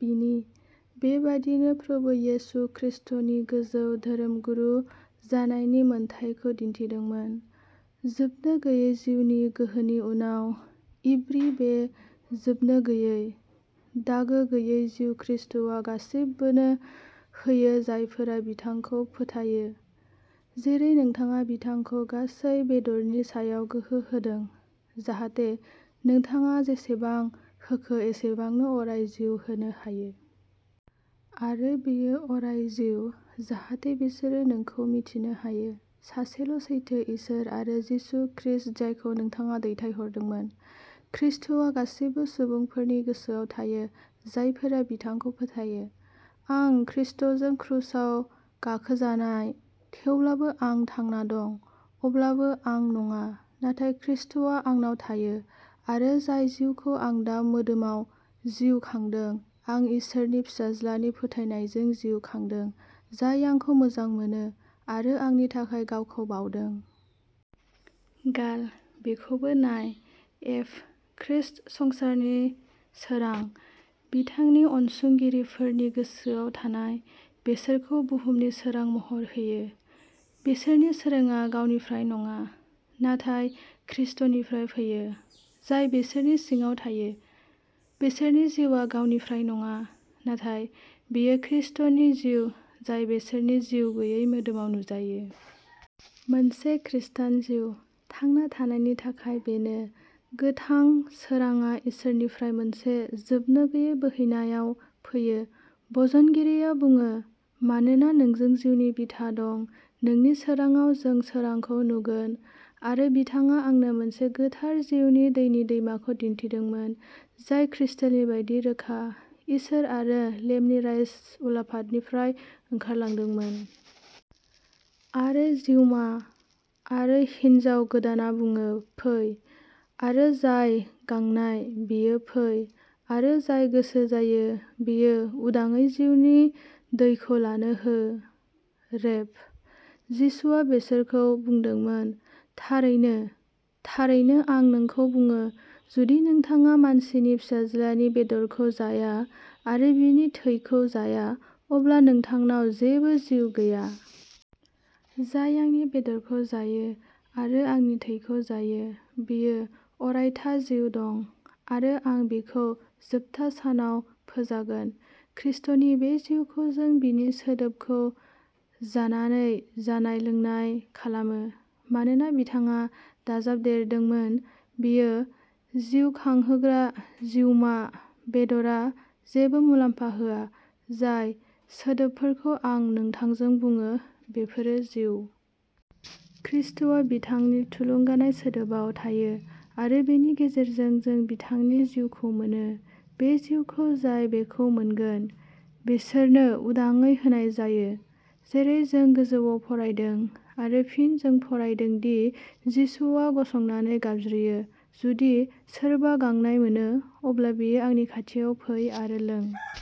बिनि। बेबादिनो प्रभु यीशु ख्रीष्टनि गोजौ धोरोमगुरु जानायनि मोनथायखौ दिन्थिदोंमोन" जोबनो गैयै जिउनि गोहोनि उनाव। "इब्री. बे जोबनो गैयै, दागो गैयै जिउ खृष्टआ गासिबोनो होयो जायफोरा बिथांखौ फोथायो।" जेरै नोंथाङा बिथांखौ गासै बेदरनि सायाव गोहो होदों, जाहाथे नोंथाङा जेसेबां होखो एसेबांनो अराय जिउ होनो हायो। आरो बेयो अराय जिउ, जाहाथे बिसोरो नोंखौ मिथिनो हायो, सासेल'सैथो इसोर आरो जिसु ख्रीष्ट जायखौ नोंथाङा दैथायहरदोंमोन। ख्रीष्टआ गासिबो सुबुंफोरनि गोसोआव थायो जायफोरा बिथांखौ फोथायो।" आं खृष्टजों क्रुसाव गाखोजानाय; थेवब्लाबो आं थांना दं; अब्लाबो आं नङा, नाथाय खृष्टआ आंनाव थायो; आरो जाय जिउखौ आं दा मोदोमाव जिउ खांदों आं इसोरनि फिसाज्लानि फोथायनायजों जिउ खांदों जाय आंखौ मोजां मोनो, आरो आंनि थाखाय गावखौ बाउदों। "गाल. बेखौबो नाय एफ. ख्रीष्ट, संसारनि सोरां, बिथांनि उनसंगिरिफोरनि गोसोयाव थानाय, बिसोरखौ बुहुमनि सोरां महर होयो। बिसोरनि सोरांआ गावनिफ्राय नङा, नाथाय ख्रीष्टनिफ्राय फैयो, जाय बिसोरनि सिङाव थायो। बिसोरनि जिउआ गावनिफ्राय नङा, नाथाय बेयो ख्रीष्टनि जिउ जाय बिसोरनि जिउ गैयै मोदोमाव नुजायो। "मोनसे खृष्टान जिउ" थांना थानायनि थाखाय बेनो। गोथां सोरांआ इसोरनिफ्राय मोनसे जोबनोगैयै बोहैनायाव फैयो। भजनगिरिआ बुङोः "मानोना नोंजों जिउनि बिथा दं; नोंनि सोरांाव जों सोरांखौ नुगोन।" "आरो बिथाङा आंनो मोनसे गोथार जिउनि दैनि दैमाखौ दिन्थिदोंमोन, जाय क्रिस्टलनि बायदि रोखा, इसोर आरो लेम्बनि राजउलाफादनिफ्राय ओंखारलांदोंमोन।" "आरो जिउमा आरो हिन्जाव गोदानआ बुङो, फै। आरो जाय गांनाय, बियो फै। आरो जाय गोसो जायो, बियो उदांयै जिउनि दैखौ लानो हो।" "रेभ. जिसुआ बिसोरखौ बुंदोंमोन, थारैनो, थारैनो आं नोंखौ बुङो, जुदि नोंथाङा मानसिनि फिसाज्लानि बेदरखौ जाया आरो बिनि थैखौ जाया, अब्ला नोंथांनाव जेबो जिउ गैया। जाय आंनि बेदरखौ जायो आरो आंनि थैखौ जायो, बियो अरायथा जिउ दं; आरो आं बिखौ जोबथा सानाव फोजागोन। ख्रीष्टनि बे जिउखौ जों बिनि सोदोबखौ जानानै जानाय-लोंनाय खालामो, मानोना बिथाङा दाजाबदेरदोंमोन," बेयो जिउखांहोग्रा जिउमा; बेदरआ जेबो मुलाम्फा होआ; जाय सोदोबफोरखौ आं नोंथांजों बुङो, बेफोरो जिउ। ख्रीष्टआ बिथांनि थुलुंगानाय सोदोबआव थायो, आरो बेनि गेजेरजों जों बिथांनि जिउखौ मोनो। बे जिउखौ जाय बेखौ मोनगोन, बिसोरनो उदांयै होनाय जायो, जेरै जों गोजौआव फरायदों; आरो फिन जों फरायदों दि जिसुआ गसंनानै गाबज्रियो," जुदि सोरबा गांनाय मोनो, अब्ला बियो आंनि खाथियाव फै आरो लों।